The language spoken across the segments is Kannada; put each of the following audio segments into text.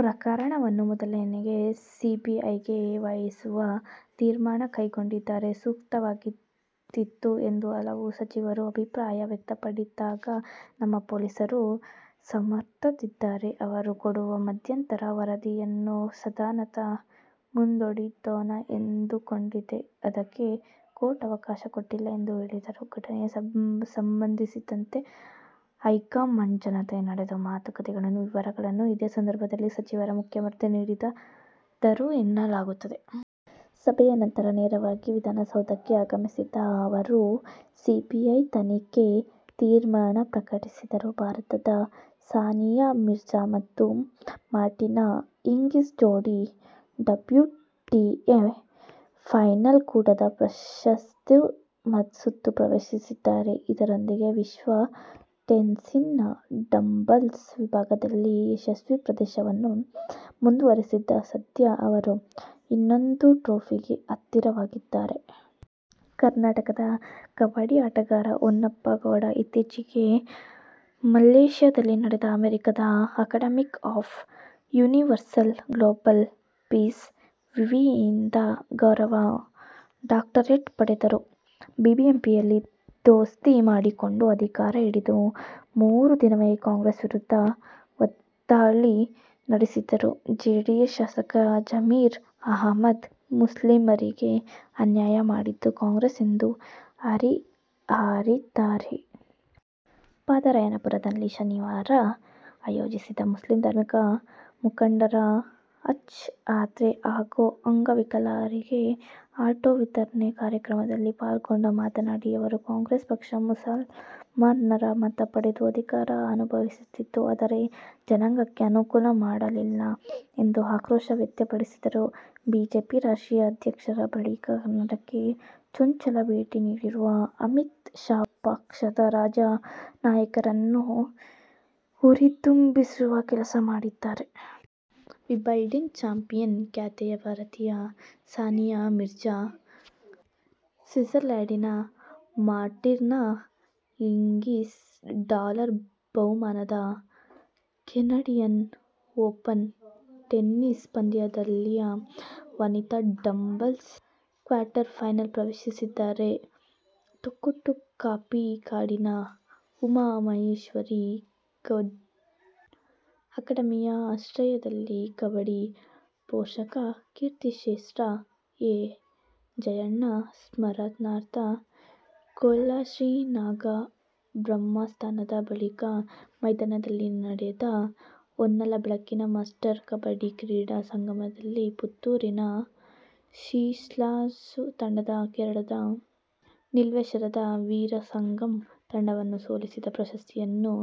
ಪ್ರಕರಣವನ್ನು ಮೊದಲೇ ಸಿಬಿಐಗೆ ವಹಿಸುವ ತೀರ್ಮಾನ ಕೈಗೊಂಡಿದ್ದರೆ ಸೂಕ್ತವಾಗಿರುತ್ತಿತ್ತು ಎಂದು ಹಲವು ಸಚಿವರು ಅಭಿಪ್ರಾಯ ವ್ಯಕ್ತಪಡಿದಾಗ, ನಮ್ಮ ಪೊಲೀಸರೂ ಸಮರ್ಥರಿದ್ದಾರೆ. ಅವರು ಕೊಡುವ ಮಧ್ಯಂತರ ವರದಿಯನ್ನು ಸದನದ ಮುಂದಿಡೋಣ ಎಂದುಕೊಂಡಿದ್ದೆ. ಅದಕ್ಕೆ ಕೋರ್ಟ್ ಅವಕಾಶ ಕೊಟ್ಟಿಲ್ಲ ಎಂದು ಹೇಳಿದರು. ಘಟನೆಗೆ ಸಂಬಂಧಿಸಿದಂತೆ ಹೈಕಮಾಂಡ್ ಜತೆ ನಡೆದ ಮಾತುಕತೆಯ ವಿವರಗಳನ್ನೂ ಇದೇ ಸಂದರ್ಭದಲ್ಲಿ ಸಚಿವರಿಗೆ ಮುಖ್ಯಮಂತ್ರಿ ನೀಡಿದರು ಎನ್ನಲಾಗಿದೆ. ಸಭೆಯ ನಂತರ ನೇರವಾಗಿ ವಿಧಾನಸೌಧಕ್ಕೆ ಆಗಮಿಸಿದ ಅವರು ಸಿಬಿಐ ತನಿಖೆ ತೀರ್ಮಾನ ಪ್ರಕಟಿಸಿದರು. ಭಾರತದ ಸಾನಿಯಾ ಮಿರ್ಜಾ ಮತ್ತು ಮಾರ್ಟಿನಾ ಹಿಂಗಿಸ್ ಜೋಡಿ ಡಬ್ಲ್ಯೂಟಿಎ ಫೈನಲ್ ಕೂಟದ ಪ್ರಶಸ್ತಿ ಸುತ್ತು ಪ್ರವೇಶಿಸಿದ್ದಾರೆ. ಇದರೊಂದಿಗೆ ವಿಶ್ವ ಟೆನ್ನಿಸ್ನ ಡಬಲ್ಸ್ ವಿಭಾಗದಲ್ಲಿ ಯಶಸ್ವಿ ಪ್ರದರ್ಶನವನ್ನು ಮುಂದುವರಿಸಿದ್ದಾರೆ. ಸದ್ಯ ಅವರು ಇನ್ನೊಂದು ಟ್ರೋಫಿಗೆ ಹತ್ತಿರವಾಗಿದ್ದಾರೆ. ಕರ್ನಾಟಕದ ಕಬಡ್ಡಿ ಆಟಗಾರ ಹೊನ್ನಪ್ಪ ಗೌಡ ಇತ್ತೀಚಿಗೆ ಮಲೇಶ್ಯಾದಲ್ಲಿ ನಡೆದ ಅಮೆರಿಕದ "Academy of Universal Global Peace' ವಿವಿಯಿಂದ ಗೌರವ ಡಾಕ್ಟರೇಟ್ ಪಡೆದರು. ಬಿಬಿಎಂಪಿಯಲ್ಲಿ ದೋಸ್ತಿ ಮಾಡಿಕೊಂಡು ಅಧಿಕಾರ ಹಿಡಿದ ಮರು ದಿನವೇ ಕಾಂಗ್ರೆಸ್ ವಿರುದ್ಧ ವಾಗ್ಧಾಳಿ ನಡೆಸಿರುವ ಜೆಡಿಎಸ್ ಶಾಸಕ ಜಮೀರ್ ಅಹಮದ್, ಮುಸ್ಲಿಮರಿಗೆ ಅನ್ಯಾಯ ಮಾಡಿದ್ದು ಕಾಂಗ್ರೆಸ್ ಎಂದು ಹರಿಹಾಯ್ದಿದ್ದಾರೆ. ಪಾದರಾಯನಪುರದಲ್ಲಿ ಶನಿವಾರ ಆಯೋಜಿಸಿದ್ದ ಮುಸ್ಲಿಂ ಧಾರ್ಮಿಕ ಮುಖಂಡರ ಹಜ್ ಯಾತ್ರೆ ಹಾಗೂ ಅಂಗವಿಕಲರಿಗೆ ಆಟೋ ವಿತರಣೆ ಕಾರ್ಯಕ್ರಮದಲ್ಲಿ ಪಾಲ್ಗೊಂಡು ಮಾತನಾಡಿದ ಅವರು, ಕಾಂಗ್ರೆಸ್ ಪಕ್ಷ ಮುಸಲ್ಮಾನರ ಮತ ಪಡೆದು ಅಧಿಕಾರ ಅನುಭವಿಸಿತು. ಆದರೆ, ಜನಾಂಗಕ್ಕೆ ಅನುಕೂಲ ಮಾಡಿಲ್ಲ ಎಂದು ಆಕ್ರೋಶ ವ್ಯಕ್ತಪಡಿಸಿದರು. ಬಿಜೆಪಿ ರಾಷ್ಟ್ರೀಯ ಅಧ್ಯಕ್ಷರಾದ ಬಳಿಕ ಕರ್ನಾಟಕಕ್ಕೆ ಚೊಚ್ಚಲ ಭೇಟಿ ನೀಡಿರುವ ಅಮಿತ್ ಶಾ, ಪಕ್ಷದ ರಾಜ್ಯ ನಾಯಕರನ್ನು ಹುರಿದುಂಬಿಸುವ ಕೆಲಸ ಮಾಡಿದ್ದಾರೆ. ವಿಂಬಲ್ಡನ್ ಚಾಂಪಿಯನ್ ಖ್ಯಾತಿಯ ಭಾರತದ ಸಾನಿಯಾ ಮಿರ್ಜಾ-ಸ್ವಿಟ್ಸರ್ಲ್ಯಾಂಡಿನ ಮಾರ್ಟಿನಾ ಹಿಂಗಿಸ್ ಡಾಲರ್ ಬಹುಮಾನದ ಕೆನಡಿಯನ್ ಓಪನ್ ಟೆನಿಸ್ ಪಂದ್ಯಾವಳಿಯ ವನಿತಾ ಡಬಲ್ಸ್ ಕ್ವಾರ್ಟರ್ ಫೈನಲ್ ಪ್ರವೇಶಿಸಿದ್ದಾರೆ. ತೊಕ್ಕೊಟ್ಟು ಕಾಪಿಕಾಡಿನ ಉಮಾ ಮಹೇಶ್ವರೀ ಕಬಡ್ಡಿ ಅಕಾಡೆಮಿಯ ಆಶ್ರಯದಲ್ಲಿ ಕಬಡ್ಡಿ ಪೋಷಕ ಕೀರ್ತಿಶೇಷ ಎ. ಜಯಣ್ಣ ಸ್ಮರಣಾರ್ಥ ಕೊಲ್ಯಶ್ರೀ ನಾಗಬ್ರಹ್ಮಸ್ಥಾನದ ಬಳಿಯ ಮೈದಾನದಲ್ಲಿ ನಡೆದ ಹೊನಲು ಬೆಳಕಿನ ಮಾಸ್ಟರ್ ಕಬಡ್ಡಿ ಕ್ರೀಡಾ ಸಂಗಮದಲ್ಲಿ ಪುತ್ತೂರಿನ ಸಿಝ್ಲರ್ಸ್ ತಂಡ ಕೇರಳ ನೀಲೇಶ್ವರದ ವೀರಸಂಘಮ್ ತಂಡವನ್ನು ಸೋಲಿಸಿ ಪ್ರಶಸ್ತಿಯನ್ನು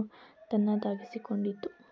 ತನ್ನದಾಗಿಸಿಕೊಂಡಿತು.